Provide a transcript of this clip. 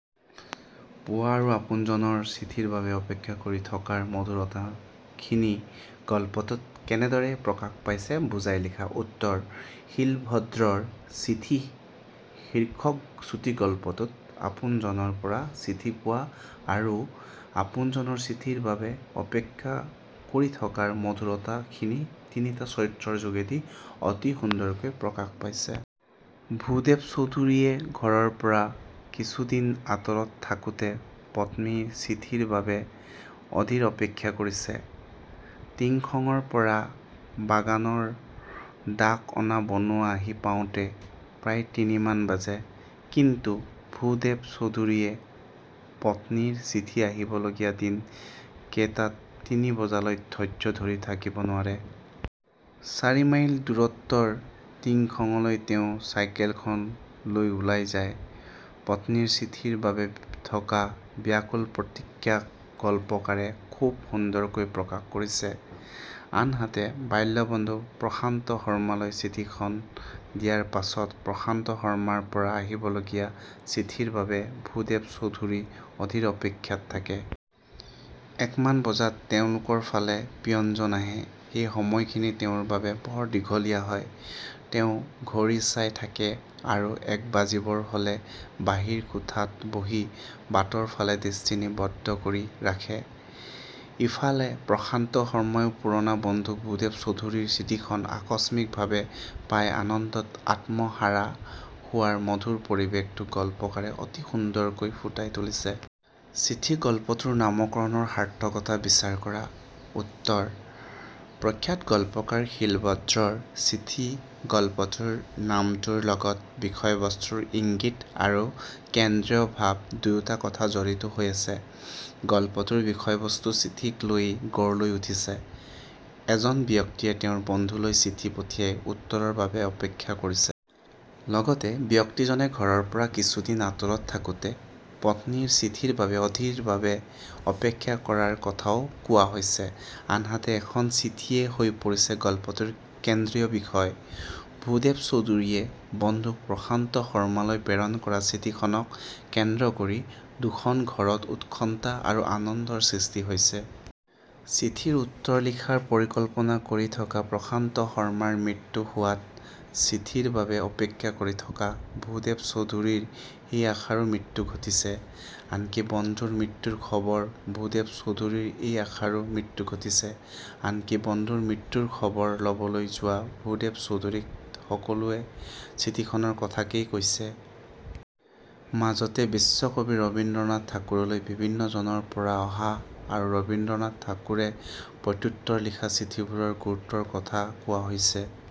পোৱা আৰু আপোনজনৰ চিঠিৰ বাবে অপেক্ষা কৰি থকাৰ মধুৰতাখিনি গল্পটোত কেনেদৰে প্ৰকাশ পাইছে বুজাই লিখা উত্তৰ: শীলভদ্ৰৰ 'চিঠি' শীৰ্ষক চুটিগল্পটোত আপোনজনৰ পৰা চিঠি পোৱা আৰু আপোনজনৰ চিঠিৰ বাবে অপেক্ষা কৰি থকাৰ মধুৰতা খিনি তিনিটা চৰিত্ৰৰ যোগেদি অতি সুন্দৰকৈ প্ৰকাশ পাইছে। ভূদেৱ চৌধুৰীয়ে ঘৰৰ পৰা কিছুদিন আঁতৰত থাকোঁতে পত্নীৰ চিঠিৰ বাবে অধীৰ অপেক্ষা কৰিছে। টিংখঙৰ পৰা বাগানৰ ডাক অনা বনোৱা আহি পাওঁতে প্ৰায় তিনিমান বাজে। কিন্তু ভূদেৱ চৌধুৰীয়ে পত্নীৰ চিঠি আহিব লগীয়া দিন কেইটাত তিনি বজালৈ ধৈৰ্য ধৰি থাকিব নোৱাৰে। চাৰিমাইল দূৰত্বৰ টিংখঙলৈ তেওঁ চাইকেলখন লৈ ওলাই যায়। পত্নীৰ চিঠিৰ বাবে থকা ব্যাকুল প্ৰতীক্ষাক গল্পকাৰে খুব সুন্দৰকৈ প্ৰকাশ কৰিছে। আনহাতে বাল্য বন্ধু প্ৰশান্ত শৰ্মালৈ চিঠিখন দিয়াৰ পাছত প্ৰশান্ত শৰ্মাৰ পৰা আহিবলগীয়া চিঠিৰ বাবে ভূদেৱ চৌধুৰী অধীৰ অপেক্ষাত থাকে। এক মান বজাত তেওঁলোকৰ ফালে পিয়নজন আহে। সেই সময়খিনি তেওঁৰ বাবে বৰ দীঘলীয়া হয়। তেওঁ ঘড়ী চাই থাকে আৰু এক বাজিবৰ হ'লে বাহিৰ কোঠাত বহি বাটৰ ফালে দৃষ্টি নিবদ্ধ কৰি ৰাখে। ইফালে প্ৰশান্ত শৰ্মাইও পুৰণা বন্ধু ভূদেৱ চৌধুৰীৰ চিঠিখন আকস্মিক ভাবে পাই আনন্দত আত্মহাৰা হোৱা মধুৰ পৰিবেশটো গল্পকাৰে অতি সুন্দৰকৈ ফুটাই তুলিছে।। 'চিঠি' গল্পটোৰ নামকৰণৰ সাৰ্থকতা বিচাৰ কৰা। উত্তৰ: প্ৰখ্যাত গল্পকাৰ শীলভদ্ৰৰ 'চিঠি 'গল্পটোৰ নামটোৰ লগত বিষয়বস্তুৰ ইংগিত আৰু কেন্দ্ৰীয় ভাব দুয়োটা কথা জড়িত হৈ আছে। গল্পটোৰ বিষয়বস্তু চিঠিক লৈয়ে গঢ় লৈ উঠিছে। এজন ব্যক্তিয়ে তেওঁৰ বন্ধুলৈ চিঠি পঠিয়াই উত্তৰৰ বাবে অপেক্ষা কৰিছে। লগতে ব্যক্তিজনে ঘৰৰ পৰা কিছুদিন আঁতৰত থাকোঁতে পত্নীৰ চিঠিৰ বাবে অধীৰ ভাবে অপেক্ষা কৰাৰ কথাও কোৱা হৈছে। আনহাতে এখন চিঠিয়েই হৈ পৰিছে গল্পটোৰ কেন্দ্ৰীয় বিষয়। ভূদেৱ চৌধুৰীয়ে বন্ধু প্ৰশান্ত শৰ্মালৈ প্ৰেৰণ কৰা চিঠিখনক কেন্দ্ৰ কৰি দুখন-ঘৰত উৎকণ্ঠা আৰু আনন্দৰ সৃষ্টি হৈছে। চিঠিৰ উত্তৰ লিখাৰ পৰিকল্পনা কৰি থকা প্ৰশান্ত শৰ্মাৰ মৃত্যু হোৱাত চিঠিৰ বাবে অপেক্ষা কৰি থকা ভূদেৱ চৌধুৰীৰ সেই আশাৰো মৃত্যু ঘটিছে। আনকি বন্ধুৰ মৃত্যুৰ খবৰ ভূদেৱ চৌধুৰীৰ সেই আশাৰো মৃত্যু ঘটিছে। আনকি বন্ধুৰ মৃত্যুৰ খবৰ ল'বলৈ যোৱা ভূদেৱ চৌধুৰীক সকলোৱে চিঠিখনৰ কথাকে কৈছে। মাজতে বিশ্বকবি ৰবীন্দ্ৰনাথ ঠাকুৰলৈ বিভিন্নজনৰ পৰা অহা আৰু ৰবীন্দ্ৰনাথ ঠাকুৰে প্ৰত্যোত্তৰত লিখা চিঠিবোৰৰ গুৰুত্বৰ কথা কোৱা হৈছে।